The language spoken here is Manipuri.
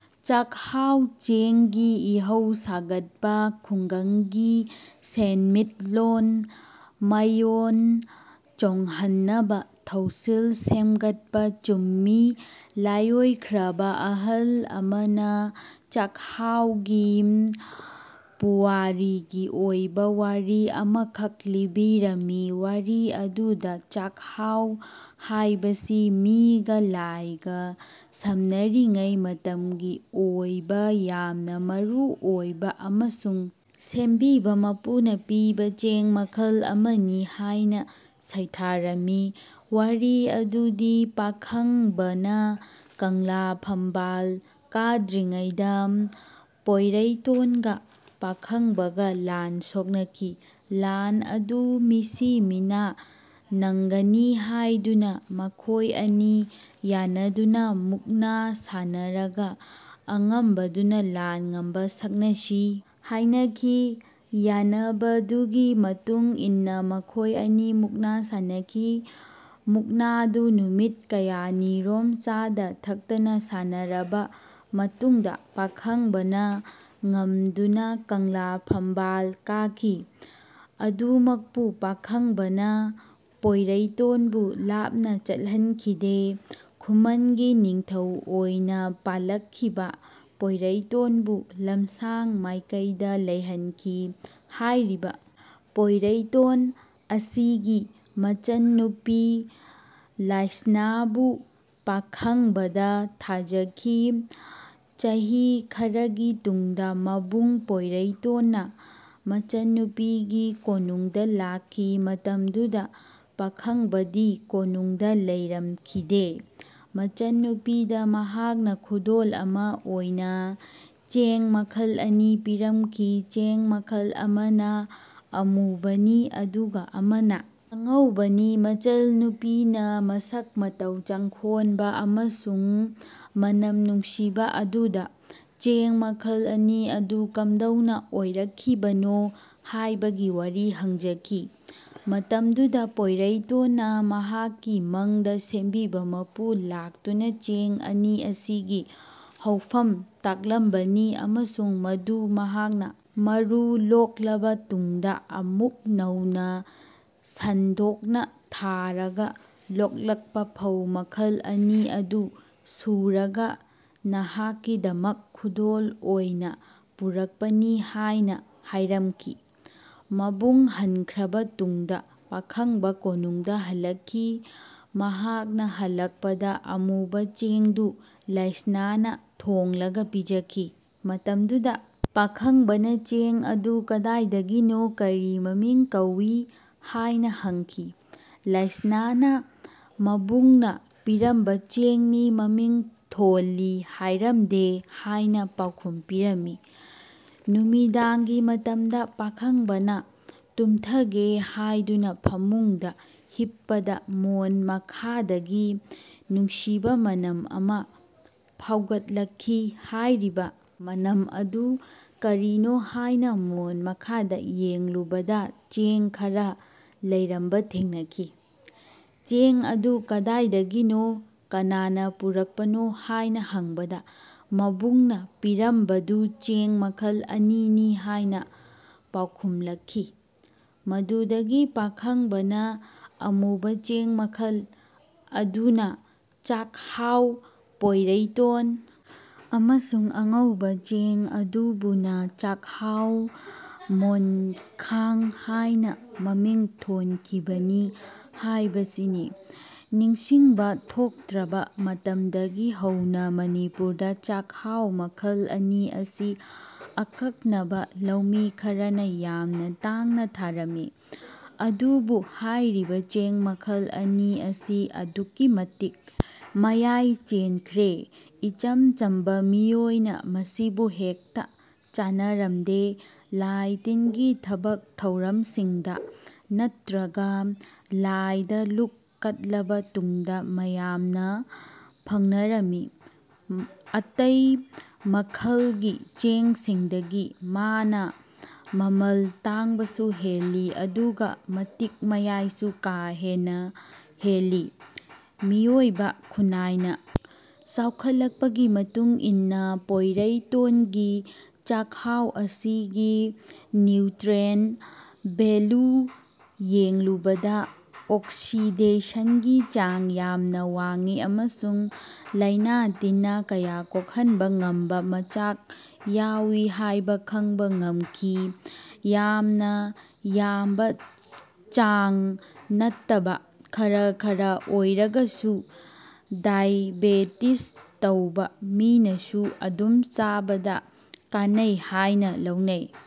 ꯆꯥꯛꯍꯥꯎ ꯆꯦꯡꯒꯤ ꯏꯍꯧ ꯁꯥꯒꯠꯄ ꯈꯨꯡꯒꯪꯒꯤ ꯁꯦꯟꯃꯤꯠꯂꯣꯟ ꯃꯌꯣꯜ ꯆꯣꯡꯍꯟꯅꯕ ꯊꯧꯁꯤꯜ ꯁꯦꯝꯒꯠꯄ ꯆꯨꯝꯃꯤ ꯂꯥꯏꯑꯣꯏꯈ꯭ꯔꯕ ꯑꯍꯜ ꯑꯃꯅ ꯆꯥꯛꯍꯥꯎꯒꯤ ꯄꯨꯋꯥꯔꯤꯒꯤ ꯑꯣꯏꯕ ꯋꯥꯔꯤ ꯑꯃꯈꯛ ꯂꯤꯕꯤꯔꯝꯃꯤ꯫ ꯋꯥꯔꯤ ꯑꯗꯨꯗ ꯆꯥꯛꯍꯥꯎ ꯍꯥꯏꯕꯁꯤ ꯃꯤꯒ ꯂꯥꯏꯒ ꯁꯝꯅꯔꯤꯉꯩ ꯃꯇꯝꯒꯤ ꯑꯣꯏꯕ ꯌꯥꯝꯅ ꯃꯔꯨ ꯑꯣꯏꯕ ꯑꯃꯁꯨꯡ ꯁꯦꯝꯕꯤꯕ ꯃꯄꯨꯅ ꯄꯤꯕ ꯆꯦꯡ ꯃꯈꯜ ꯑꯃꯅꯤ ꯍꯥꯏꯅ ꯁꯩꯊꯥꯔꯝꯃꯤ꯫ ꯋꯥꯔꯤ ꯑꯗꯨꯗꯤ ꯄꯥꯈꯪꯕꯅ ꯀꯪꯂꯥ ꯐꯝꯕꯥꯜ ꯀꯥꯗ꯭ꯔꯤꯉꯩꯗ ꯄꯣꯏꯔꯩꯇꯣꯟꯒ ꯄꯥꯈꯪꯕꯒ ꯂꯥꯟ ꯁꯣꯛꯅꯈꯤ꯫ ꯂꯥꯟ ꯑꯗꯨ ꯃꯤꯁꯤ ꯃꯤꯅꯥ ꯅꯪꯒꯅꯤ ꯍꯥꯏꯗꯨꯅ ꯃꯈꯣꯏ ꯑꯅꯤ ꯌꯥꯟꯅꯗꯨꯅ ꯃꯨꯛꯅ ꯁꯥꯟꯅꯔꯒ ꯑꯉꯝꯕꯗꯨꯅ ꯂꯥꯟ ꯉꯝꯕ ꯁꯛꯅꯁꯤ ꯍꯥꯏꯅꯈꯤ꯫ ꯌꯥꯅꯕꯗꯨꯒꯤ ꯃꯇꯨꯡ ꯏꯟꯅ ꯃꯈꯣꯏ ꯑꯅꯤ ꯃꯨꯛꯅ ꯁꯥꯟꯅꯈꯤ꯫ ꯃꯨꯛꯅꯥꯗꯨ ꯅꯨꯃꯤꯠ ꯀꯌꯥꯅꯤꯔꯣꯝ ꯆꯥꯗ-ꯊꯛꯇꯅ ꯁꯥꯟꯅꯔꯕ ꯃꯇꯨꯡꯗ ꯄꯥꯈꯪꯕꯅ ꯉꯝꯗꯨꯅ ꯀꯪꯂꯥ ꯐꯝꯕꯥꯜ ꯀꯥꯈꯤ꯫ ꯑꯗꯨꯃꯛꯄꯨ ꯄꯥꯈꯪꯕꯅ ꯄꯣꯏꯔꯩꯇꯣꯟꯕꯨ ꯂꯥꯞꯅ ꯆꯠꯍꯟꯈꯤꯗꯦ꯫ ꯈꯨꯃꯟꯒꯤ ꯅꯤꯡꯊꯧ ꯑꯣꯏꯅ ꯄꯥꯜꯂꯛꯈꯤꯕ ꯄꯣꯏꯔꯩꯇꯣꯟꯕꯨ ꯂꯝꯁꯥꯡ ꯃꯥꯏꯀꯩꯗ ꯂꯩꯍꯟꯈꯤ꯫ ꯍꯥꯏꯔꯤꯕ ꯄꯣꯏꯔꯩꯇꯣꯟ ꯑꯁꯤꯒꯤ ꯃꯆꯟꯅꯨꯄꯤ ꯂꯥꯏꯁꯅꯥꯕꯨ ꯄꯥꯈꯪꯕꯗ ꯊꯥꯖꯈꯤ꯫ ꯆꯍꯤ ꯈꯔꯒꯤ ꯇꯨꯡꯗ ꯃꯕꯨꯡ ꯄꯣꯏꯔꯩꯇꯣꯟꯅ ꯃꯆꯟꯅꯨꯄꯤꯒꯤ ꯀꯣꯅꯨꯡꯗ ꯂꯥꯛꯈꯤ꯫ ꯃꯇꯝꯗꯨꯗ ꯄꯥꯈꯪꯕꯗꯤ ꯀꯣꯅꯨꯡꯗ ꯂꯩꯔꯝꯈꯤꯗꯦ꯫ ꯃꯆꯟꯅꯨꯄꯤꯗ ꯃꯍꯥꯛꯅ ꯈꯨꯗꯣꯜ ꯑꯃ ꯑꯣꯏꯅ ꯆꯦꯡ ꯃꯈꯜ ꯑꯅꯤ ꯄꯤꯔꯝꯈꯤ꯫ ꯆꯦꯡ ꯃꯈꯜ ꯑꯃꯅ ꯑꯃꯨꯕꯅꯤ ꯑꯗꯨꯒ ꯑꯃꯅ ꯑꯉꯧꯕꯅꯤ꯫ ꯃꯆꯟꯅꯨꯄꯤꯅ ꯃꯁꯛ ꯃꯇꯧ ꯆꯪꯈꯣꯟꯕ ꯑꯃꯁꯨꯡ ꯃꯅꯝ ꯅꯨꯡꯁꯤꯕ ꯑꯗꯨꯗ ꯆꯦꯡ ꯃꯈꯜ ꯑꯅꯤ ꯑꯗꯨ ꯀꯝꯗꯧꯅ ꯑꯣꯏꯔꯛꯈꯤꯕꯅꯣ ꯍꯥꯏꯕꯒꯤ ꯋꯥꯔꯤ ꯍꯪꯖꯈꯤ꯫ ꯃꯇꯝꯗꯨꯗ ꯄꯣꯏꯔꯩꯇꯣꯟꯅ ꯃꯍꯥꯛꯀꯤ ꯃꯪꯗ ꯁꯦꯝꯕꯤꯕ ꯃꯄꯨ ꯂꯥꯛꯇꯨꯅ ꯆꯦꯡ ꯑꯅꯤ ꯑꯁꯤꯒꯤ ꯍꯧꯐꯝ ꯇꯥꯛꯂꯝꯕꯅꯤ ꯑꯃꯁꯨꯡ ꯃꯗꯨ ꯃꯍꯥꯛꯅ ꯃꯔꯨ ꯂꯣꯛꯂꯕ ꯇꯨꯡꯗ ꯑꯃꯨꯛ ꯅꯧꯅ ꯁꯟꯗꯣꯛꯅ ꯊꯥꯔꯒ ꯂꯣꯛꯂꯛꯄ ꯐꯧ ꯃꯈꯜ ꯑꯅꯤ ꯑꯗꯨ ꯁꯨꯔꯒ ꯅꯍꯥꯛꯀꯤꯗꯃꯛ ꯈꯨꯗꯣꯜ ꯑꯣꯏꯅ ꯄꯨꯔꯛꯄꯅꯤ ꯍꯥꯏꯅ ꯍꯥꯏꯔꯝꯈꯤ꯫ ꯃꯕꯨꯡ ꯍꯟꯈ꯭ꯔꯕ ꯇꯨꯡꯗ ꯄꯥꯈꯪꯕ ꯀꯣꯅꯨꯡꯗ ꯍꯜꯂꯛꯈꯤ꯫ ꯃꯍꯥꯛꯅ ꯍꯜꯂꯛꯄꯗ ꯑꯃꯨꯕ ꯆꯦꯡꯗꯨ ꯂꯥꯏꯁꯅꯥꯅ ꯊꯣꯡꯂꯒ ꯄꯤꯖꯈꯤ꯫ ꯃꯇꯝꯗꯨꯗ ꯄꯥꯈꯪꯕꯅ ꯆꯦꯡ ꯑꯗꯨ ꯀꯗꯥꯏꯗꯒꯤꯅꯣ ꯀꯔꯤ ꯃꯃꯤꯡ ꯀꯧꯏ ꯍꯥꯏꯅ ꯍꯪꯈꯤ꯫ ꯂꯥꯏꯁꯅꯥꯅ ꯃꯕꯨꯡꯅ ꯄꯤꯔꯝꯕ ꯆꯦꯡꯅꯤ, ꯃꯃꯤꯡ ꯊꯣꯜꯂꯤ ꯍꯥꯏꯔꯝꯗꯦ ꯍꯥꯏꯅ ꯄꯥꯎꯈꯨꯝ ꯄꯤꯔꯝꯃꯤ꯫ ꯅꯨꯃꯤꯗꯥꯡꯒꯤ ꯃꯇꯝꯗ ꯄꯥꯈꯪꯕꯅ ꯇꯨꯝꯊꯒꯦ ꯍꯥꯏꯗꯨꯅ ꯐꯃꯨꯡꯗ ꯍꯤꯞꯄꯗ ꯃꯣꯟ ꯃꯈꯥꯗꯒꯤ ꯅꯨꯡꯁꯤꯕ ꯃꯅꯝ ꯑꯃ ꯐꯥꯎꯒꯠꯂꯛꯈꯤ꯫ ꯍꯥꯏꯔꯤꯕ ꯃꯅꯝ ꯑꯗꯨ ꯀꯔꯤꯅꯣ ꯍꯥꯏꯅ ꯃꯣꯟ ꯃꯈꯥꯗ ꯌꯦꯡꯂꯨꯕꯗ ꯆꯦꯡ ꯈꯔ ꯂꯩꯔꯝꯕ ꯊꯦꯡꯅꯈꯤ꯫ ꯆꯦꯡ ꯑꯗꯨ ꯀꯗꯥꯏꯗꯒꯤꯅꯣ ꯀꯅꯥꯅꯥ ꯄꯨꯔꯛꯄꯅꯣ ꯍꯥꯏꯅ ꯍꯪꯕꯗ ꯃꯕꯨꯡꯅ ꯄꯤꯔꯝꯕꯗꯨ ꯆꯦꯡ ꯃꯈꯜ ꯑꯅꯤꯅꯤ ꯍꯥꯏꯅ ꯄꯥꯎꯈꯨꯝꯂꯛꯈꯤ꯫ ꯃꯗꯨꯗꯒꯤ ꯄꯥꯈꯪꯕꯅ ꯑꯃꯨꯕ ꯆꯦꯡ ꯃꯈꯜ ꯑꯗꯨꯅ ꯆꯥꯛꯍꯥꯎ ꯄꯣꯏꯔꯩꯇꯣꯟ ꯑꯃꯁꯨꯡ ꯑꯉꯧꯕ ꯆꯦꯡ ꯑꯗꯨꯕꯨꯅ ꯆꯥꯛꯍꯥꯎ ꯃꯣꯟꯈꯥꯡ ꯍꯥꯏꯅ ꯃꯃꯤꯡ ꯊꯣꯟꯈꯤꯕꯅꯤ ꯍꯥꯏꯕꯁꯤꯅꯤ꯫ ꯅꯤꯡꯁꯤꯡꯕ ꯊꯣꯛꯇ꯭ꯔꯕ ꯃꯇꯝꯗꯒꯤ ꯍꯧꯅ ꯃꯅꯤꯄꯨꯔꯗ ꯆꯥꯛꯍꯥꯎ ꯃꯈꯜ ꯑꯅꯤ ꯑꯁꯤ ꯑꯀꯛꯅꯕ ꯂꯧꯃꯤ ꯈꯔꯅ ꯌꯥꯝꯅ ꯇꯥꯡꯅ ꯊꯥꯔꯝꯃꯤ꯫ ꯑꯗꯨꯕꯨ ꯍꯥꯏꯔꯤꯕ ꯆꯦꯡ ꯃꯈꯜ ꯑꯅꯤ ꯑꯁꯤ ꯑꯗꯨꯛꯀꯤ ꯃꯇꯤꯛ ꯃꯌꯥꯏ ꯆꯦꯟꯈ꯭ꯔꯦ꯫ ꯏꯆꯝ ꯆꯝꯕ ꯃꯤꯑꯣꯏꯅ ꯃꯁꯤꯕꯨ ꯍꯦꯛꯇ ꯆꯥꯅꯔꯝꯗꯦ꯫ ꯂꯥꯏ-ꯇꯤꯟꯒꯤ ꯊꯕꯛ ꯊꯧꯔꯝꯁꯤꯡꯗ ꯅꯠꯇ꯭ꯔꯒ ꯂꯥꯏꯗ ꯂꯨꯛ ꯀꯠꯂꯕ ꯇꯨꯡꯗ ꯃꯌꯥꯝꯅ ꯐꯪꯅꯔꯝꯃꯤ꯫ ꯑꯇꯩ ꯃꯈꯜꯒꯤ ꯆꯦꯡꯁꯤꯡꯗꯒꯤ ꯃꯥꯅꯥ ꯃꯃꯜ ꯇꯥꯡꯕꯁꯨ ꯍꯦꯜꯂꯤ ꯑꯗꯨꯒ ꯃꯇꯤꯛ ꯃꯌꯥꯏꯁꯨ ꯀꯥ ꯍꯦꯟꯅ ꯍꯦꯜꯂꯤ꯫ ꯃꯤꯑꯣꯏꯕ ꯈꯨꯟꯅꯥꯏꯅ ꯆꯥꯎꯈꯠꯂꯛꯄꯒꯤ ꯃꯇꯨꯡ ꯏꯟꯅ ꯄꯣꯏꯔꯩꯇꯣꯟꯒꯤ ꯆꯥꯛꯍꯥꯎ ꯑꯁꯤꯒꯤ ꯅ꯭ꯌꯨꯇ꯭ꯔꯦꯟꯠ ꯚꯦꯂꯨ ꯌꯦꯡꯂꯨꯕꯗ ꯑꯣꯛꯁꯤꯗꯦꯁꯟꯒꯤ ꯆꯥꯡ ꯌꯥꯝꯅ ꯋꯥꯡꯏ ꯑꯃꯁꯨꯡ ꯂꯥꯏꯅ ꯇꯤꯟꯅ ꯀꯌꯥ ꯀꯣꯛꯍꯟꯕ ꯉꯝꯕ ꯃꯆꯥꯛ ꯌꯥꯎꯏ ꯍꯥꯏꯕ ꯈꯪꯕ ꯉꯝꯈꯤ꯫ ꯌꯥꯝꯅ ꯌꯥꯝꯕ ꯆꯥꯡ ꯅꯠꯇꯕ ꯈꯔ ꯈꯔ ꯑꯣꯏꯔꯒꯁꯨ ꯗꯥꯏꯕꯦꯇꯤꯁ ꯇꯧꯕ ꯃꯤꯅꯁꯨ ꯑꯗꯨꯝ ꯆꯥꯕꯗ ꯀꯥꯟꯅꯩ ꯍꯥꯏꯅ ꯂꯧꯅꯩ꯫